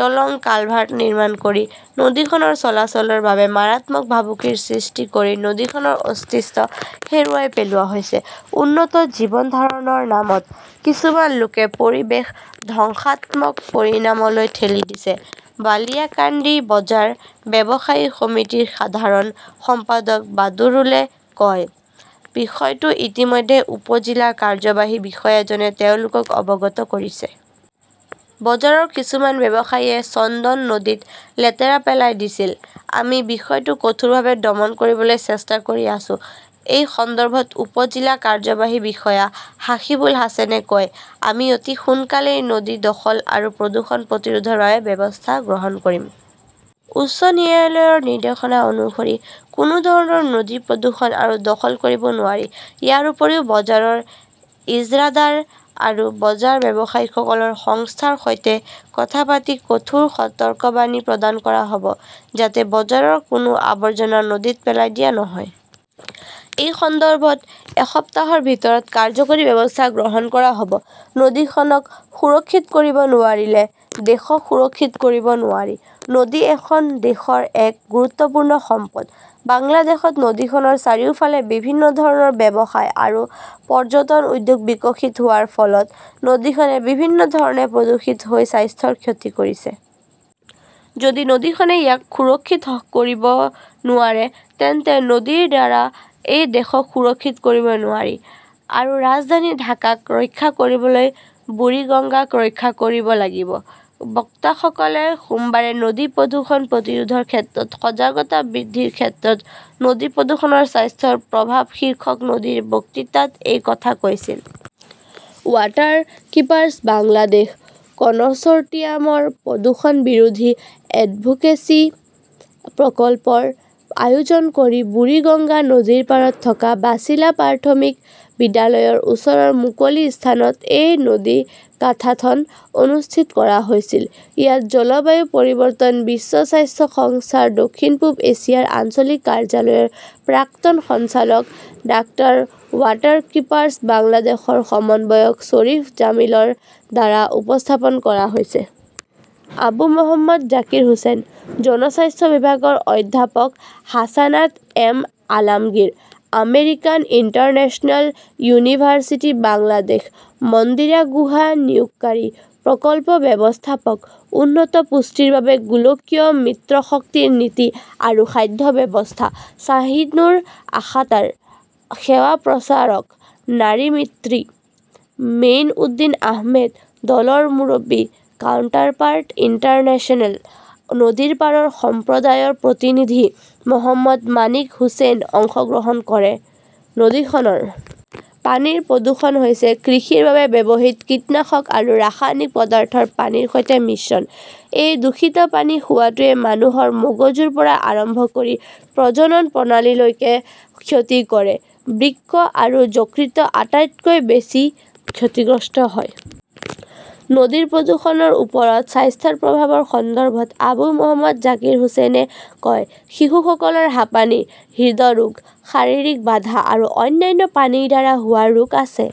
দলং-কালভাৰ্ট নিৰ্মাণ কৰি নদীখনৰ চলাচলৰ বাবে মাৰাত্মক ভাবুকিৰ সৃষ্টি কৰি নদীখনৰ অস্তিত্ব হেৰুৱাই পেলোৱা হৈছে। উন্নত জীৱন ধাৰণৰ নামত কিছুমান লোকে পৰিৱেশ ধ্বংসাত্মক পৰিণামলৈ ঠেলি দিছে। বালিয়াকান্দি বজাৰ ব্যৱসায়ী সমিতিৰ সাধাৰণ সম্পাদক বাদৰুলে কয়, বিষয়টো ইতিমধ্যে উপ-জিলা কাৰ্যবাহী বিষয়াজনে তেওঁলোকক অৱগত কৰিছে। বজাৰৰ কিছুমান ব্যৱসায়ীয়ে চন্দন নদীত লেতেৰা পেলাই দিছিল। আমি বিষয়টো কঠোৰভাৱে দমন কৰিবলৈ চেষ্টা কৰি আছো। এই সন্দৰ্ভত উপ-জিলা কাৰ্যবাহী বিষয়া হাসিবুল হাছানে কয়, আমি অতি সোনকালেই নদী দখল আৰু প্ৰদূষণ প্ৰতিৰোধৰ বাবে ব্যৱস্থা গ্ৰহণ কৰিম। উচ্চ ন্যায়ালয়ৰ নিৰ্দেশনা অনুসৰি কোনো ধৰণৰ নদী প্ৰদূষণ আৰু দখল কৰিব নোৱাৰি। ইয়াৰ উপৰিও বজাৰৰ ইজৰাদাৰ আৰু বজাৰ ব্যৱসায়ীসকলৰ সংস্থাৰ সৈতে কথা পাতি কঠোৰ সতৰ্কবাণী প্ৰদান কৰা হ'ব যাতে বজাৰৰ কোনো আৱৰ্জনা নদীত পেলাই দিয়া নহয়। এই সন্দৰ্ভত এসপ্তাহৰ ভিতৰত কাৰ্যকৰী ব্যৱস্থা গ্ৰহণ কৰা হ'ব। নদীখনক সুৰক্ষিত কৰিব নোৱাৰিলে, দেশক সুৰক্ষিত কৰিব নোৱাৰি নদী এখন দেশৰ এক গুৰুত্বপূৰ্ণ সম্পদ। বাংলাদেশত নদীখনৰ চাৰিওফালে বিভিন্ন ধৰণৰ ব্যৱসায় আৰু পৰ্যটন উদ্যোগ বিকশিত হোৱাৰ ফলত নদীখনে বিভিন্ন ধৰণে প্ৰদূষিত হৈ স্বাস্থ্যৰ ক্ষতি কৰিছে। যদি নদীখনে ইয়াক সুৰক্ষিত কৰিব নোৱাৰে তেন্তে নদীৰ দ্বাৰা এই দেশক সুৰক্ষিত কৰিব নোৱাৰি। আৰু ৰাজধানী ঢাকাক ৰক্ষা কৰিবলৈ বুৰিগংগাক ৰক্ষা কৰিব লাগিব। বক্তাসকলে সোমবাৰে নদী প্ৰদূষণ প্ৰতিৰোধৰ ক্ষেত্ৰত সজাগতা বৃদ্ধিৰ ক্ষেত্ৰত নদী প্ৰদূষণৰ স্বাস্থ্যৰ প্ৰভাৱ শীৰ্ষক নদীৰ বক্তৃতাত এই কথা কৈছিল। ৱাটাৰকিপাৰ্ছ বাংলাদেশ কনচৰ্টিয়ামৰ প্ৰদূষণ বিৰোধী এডভোকেচি প্ৰকল্পৰ আয়োজন কৰি বুৰিগঙ্গা নদীৰ পাৰত থকা বাচিলা প্ৰাথমিক বিদ্যালয়ৰ ওচৰৰ মুকলি স্থানত এই নদীকাথাথন অনুষ্ঠিত কৰা হৈছিল। ইয়াত জলবায়ু পৰিৱৰ্তন, বিশ্ব স্বাস্থ্য সংস্থাৰ দক্ষিণ-পূব এছিয়াৰ আঞ্চলিক কাৰ্যালয়ৰ প্ৰাক্তন সঞ্চালক ডাঃৱাটাৰকীপাৰ্ছ বাংলাদেশৰ সমন্বয়ক শ্বৰীফ জামিলৰ দ্বাৰা উপস্থাপন কৰা হৈছে। আবু মহম্মদ জাকিৰ হোসেন, জনস্বাস্থ্য বিভাগৰ অধ্যাপক Hasanat M. Alamgir, American International University Bangladesh, Mandira Guha নিয়োগকাৰী, প্ৰকল্প ব্যৱস্থাপক, উন্নত পুষ্টিৰ বাবে গোলকীয় মিত্ৰশক্তিৰ নীতি আৰু খাদ্য ব্যৱস্থা, শ্বাহিনূৰ আখতাৰ, সেৱা প্ৰচাৰক, নাৰী মিত্ৰী, মেইনউদ্দিন আহমেদ, দলৰ মুৰব্বী, কাউণ্টাৰপাৰ্ট ইণ্টাৰনেশ্যনেল, নদীপাৰৰ সম্প্ৰদায়ৰ প্ৰতিনিধি মহম্মদ মাণিক হুসেনে অংশগ্ৰহণ কৰে। নদীখনৰ পানীৰ প্ৰদূষণ হৈছে কৃষিৰ বাবে ব্যৱহৃত কীটনাশক আৰু ৰাসায়নিক পদাৰ্থৰ পানীৰ সৈতে মিশ্ৰণ। এই দূষিত পানী খোৱাটোৱে মানুহৰ মগজুৰ পৰা আৰম্ভ কৰি প্ৰজনন প্ৰণালীলৈকে ক্ষতি কৰে। বৃক্ক আৰু যকৃত আটাইতকৈ বেছি ক্ষতিগ্ৰস্ত হয়। নদীৰ প্ৰদূষণৰ ওপৰত স্বাস্থ্যৰ প্ৰভাৱৰ সন্দৰ্ভত। আবু মহম্মদ জাকিৰ হুচেইনে কয়, শিশুসকলৰ হাপানী, হৃদৰোগ, শাৰীৰিক বাধা আৰু অন্যান্য পানীৰ দ্বাৰা হোৱা ৰোগ আছে।